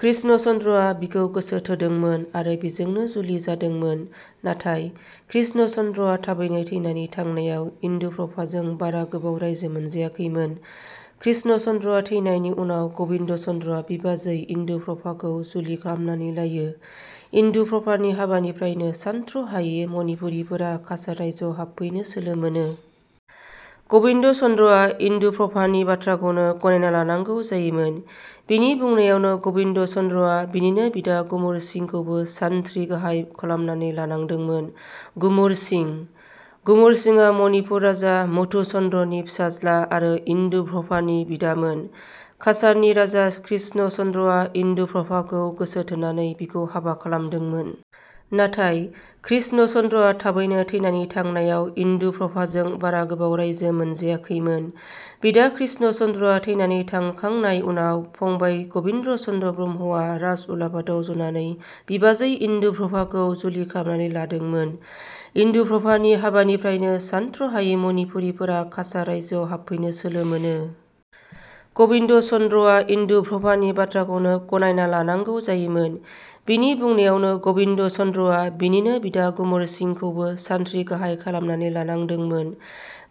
कृष्ण चन्द्रआ बिखौ गोसोथोदोंमोन आरो बेजोंनो जुलि जादोंमोन। नाथाय, कृष्ण चन्द्रआ थाबैनो थैनानै थांनायाव इन्दुप्रभाजों बारा गोबाव राइजो मोनजायाखैमोन। कृष्ण चन्द्रआ थैनायनि उनाव गबिन्द' चन्द्रआ बिबाजै इन्दुप्रभाखौ जुलि खालामनानै लायो। इन्दुप्रभानि हाबानिफ्रायनो सानथ्र'हायि मनिपुरिफोरा काछार रायजोआव हाबफैनो सोलो मोनो। गबिन्द' चन्द्रआ इन्दुप्रभानि बाथ्राखौनो गनायना लानांगौ जायोमोन। बिनि बुंनायावनो गबिन्द' चन्द्रआ बिनिनो बिदा गुमुर सिंखौबो सानथ्रि गाहाइ खालामनानै लानांदोंमोन। गुमुर सिं: गुमुर सिंआ मणिपुर राजा मधुचन्द्रनि फिसाज्ला आरो इन्दुप्रभानि बिदामोन। काछारनि राजा कृष्ण चन्द्रआ इन्दुप्रभाखौ गोसो थोनानै बिखौ हाबा खालामदोंमोन। नाथाय, कृष्ण चन्द्रआ थाबैनो थैनानै थांनायाव इन्दुप्रभाजों बारा गोबाव राइजो मोनजायाखैमोन। बिदा कृष्ण चन्द्रआ थैनानै थांखांनाय उनाव फंबाय गबिन्द' चन्द्र ब्रह्मआ राज उलाफादाव जनानै बिबाजै इन्दुप्रभाखौ जुलि खालामनानै लादोंमोन। इन्दुप्रभानि हाबानिफ्रायनो सानथ्र'हायि मनिपुरिफोरा काछार रायजोआव हाबफैनो सोलो मोनो। गबिन्द' चन्द्रआ इन्दुप्रभानि बाथ्राखौनो गनायना लानांगौ जायोमोन। बिनि बुंनायावनो गबिन्द' चन्द्रआ बिनिनो बिदा गुमुर सिंखौबो सानथ्रि गाहाइ खालामनानै लानांदोंमोन।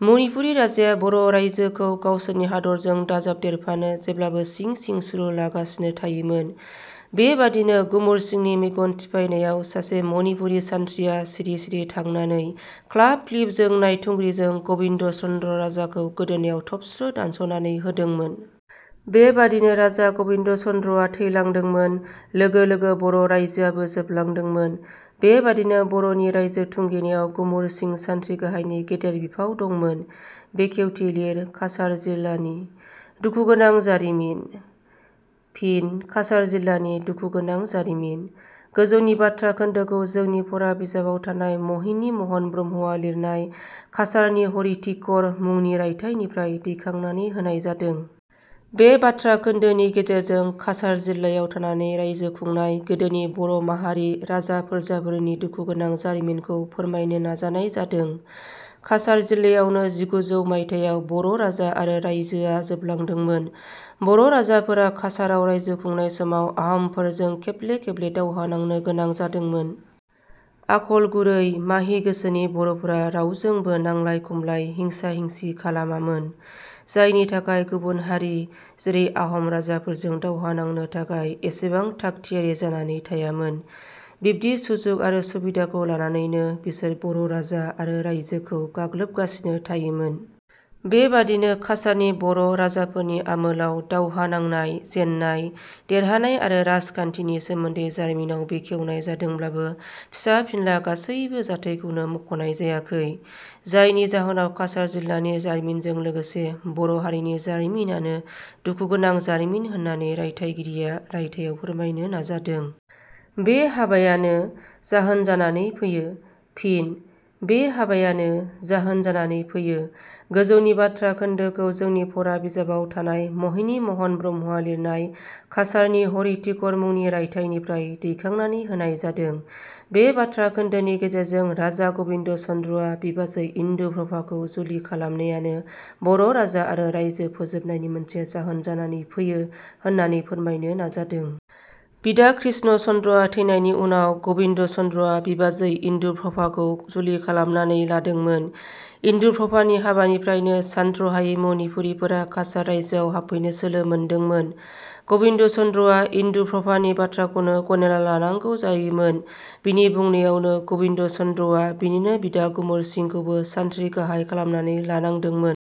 मनिपुरि राजाया बर' रायजोखौ गावसोरनि हादरजों दाजाबदेरफानो जेब्लाबो सिं सिं सुलु लागासिनो थायोमोन। बेबादिनो गुमुर सिंनि मेगन थिफायनायाव सासे मनिपुरि सान्थ्रिया सिरि-सिरि थांनानै ख्लाब-ख्लिब जोंनाय थुग्रिजों गबिन्द' चन्द्र राजाखौ गोदोनायाव थबस्र' दानस'नानै होदोंमोन। बेबादिनो राजा गबिन्द' चन्द्रआ थैलांदोंमोन। लोगो लोगो बर' रायजोआबो जोबलांदोंमोन। बेबादिनो बर'नि राइजो थुंगेनायाव गुमुर सिं सान्थ्रि गाहायनि गेदेर बिफाव दंमोन। बेखेवथि लिर काछार जिलानि………… दुखु गोनां जारिमिन। फिन: "काछार जिलानि………… दुखु गोनां जारिमिन" गोजौनि बाथ्रा खोन्दोखौ जोंनि फरा बिजाबाव थानाय महिनी महन ब्रह्मआ लिरनाय 'काछारनि हरिटिकर' मुंनि रायथाइनिफ्राय दैखांनानै होनाय जादों। बे बाथ्रा खोन्दोनि गेजेरजों काछार जिलायाव थानानै रायजो खुंनाय गोदोनि बर' माहारि राजा-फोरजाफोरनि दुखुगोनां जारिमिनखौ फोरमायनो नाजानाय जादों। काछार जिलायावनो जिगुजौ मायथायाव बर' राजा आरो रायजोआ जोबलांदोंमोन। बर' राजाफोरा काछाराव राइजो खुंनाय समाव आहमफोरजों खेबले खेबले दावहा नांनो गोनां जादोंमोन। आखल गुरै, माहि गोसोनि बर'फोरा रावजोंबो नांलाय-खमलाय, हिंसा-हिंसि खालामामोन। जायनि थाखाय गुबुन हारि, जेरै आहम राजाफोरजों दावहा नांनो थाखाय एसेबां थागथियारि जानानै थायामोन। बिब्दि सुजुग आरो सुबिदाखौ लानानैनो बिसोर बर' राजा आरो रायजोखौ गाग्लोबगासिनो थायोमोन। बेबादिनो काछारनि बर' राजाफोरनि आमोलाव दावहा नांनाय, जेननाय, देरहानाय आरो राजखान्थिनि सोमोन्दै जारिमिनाव बेखेवनाय जादोंब्लाबो फिसा-फिनला गासैबो जाथाइखौनो मख'नाय जायाखै। जायनि जाहोनाव काछार जिलानि जारिमिनजों लोगोसे बर' हारिनि जारिमिनानो दुखुगोनां जारिमिन होननानै राइथाइगिरिया राइथाइआव फोरमायनो नाजादों। बे हाबायानो…………… जाहोन जानानै फैयो। फिन: "बे हाबायानो…………… जाहोन जानानै फैयो" गोजौनि बाथ्रा खोन्दोखौ जोंनि फरा बिजाबाव थानाय महिनी महन ब्रह्मआ लिरनाय 'काछारनि हरिटिकर' मुंनि रायथाइनिफ्राय दैखांनानै होनाय जादों। बे बाथ्रा खोन्दोनि गेजेरजों राजा गबिन्द' चन्द्रआ बिबाजै इन्दुप्रभाखौ जुलि खालामनायानो बर' राजा आरो राइजो फोजोबनायनि मोनसे जाहोन जानानै फैयो होननानै फोरमायनो नाजादों। बिदा कृष्ण चन्द्रआ थैनायनि उनाव गबिन्द' चन्द्रआ बिबाजै इन्दुप्रभाखौ जुलि खालामनानै लादोंमोन। इन्दुप्रभानि हाबानिफ्रायनो सानथ्र'हायि मनिपुरिफोरा काछार रायजोआव हाबफैनो सोलो मोनदोंमोन। गबिन्द' चन्द्रआ इन्दुप्रभानि बाथ्राखौनो गनायना लानांगौ जायोमोन। बिनि बुंनायावनो गबिन्द' चन्द्रआ बिनिनो बिदा गुमुर सिंखौबो सानथ्रि गाहाइ खालामनानै लानांदोंमोन।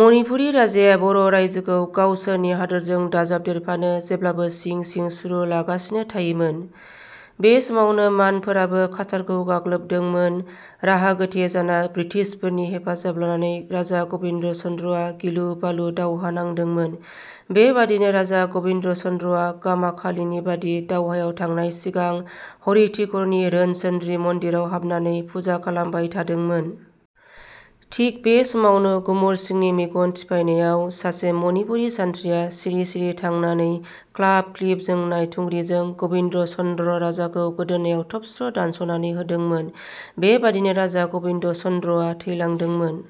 मनिपुरि राजाया बर' रायजोखौ गावसोरनि हादोरजों दाजाबदेरफानो जेब्लाबो सिं सिं सुलु लागासिनो थायोमोन। बे समावनो मानफोराबो काछारखौ गाग्लोबदोंमोन। राहा गोथे जाना ब्रिटिसफोरनि हेफाजाब लानानै राजा गबिन्द' चन्द्रआ गिलु बालु दावहा नांदोंमोन। बेबादिनो राजा गबिन्द' चन्द्रआ गामाखालिनिबादि दावहायाव थांनाय सिगां हरिटिकरनि रोनसोन्द्रि मन्दिराव हाबनानै फुजा खालामबाय थादोंमोन। थिग बे समावनो गुमुर सिंनि मेगन थिफायनायाव सासे मनिपुरि सान्थ्रिया सिरि-सिरि थांनानै ख्लाब-ख्लिब जोंनाय थुंग्रिजों गबिन्द' चन्द्र राजाखौ गोदोनायाव थबस्र' दानस'नानै होदोंमोन। बेबादिनो राजा गबिन्द' चन्द्रआ थैलांदोंमोन।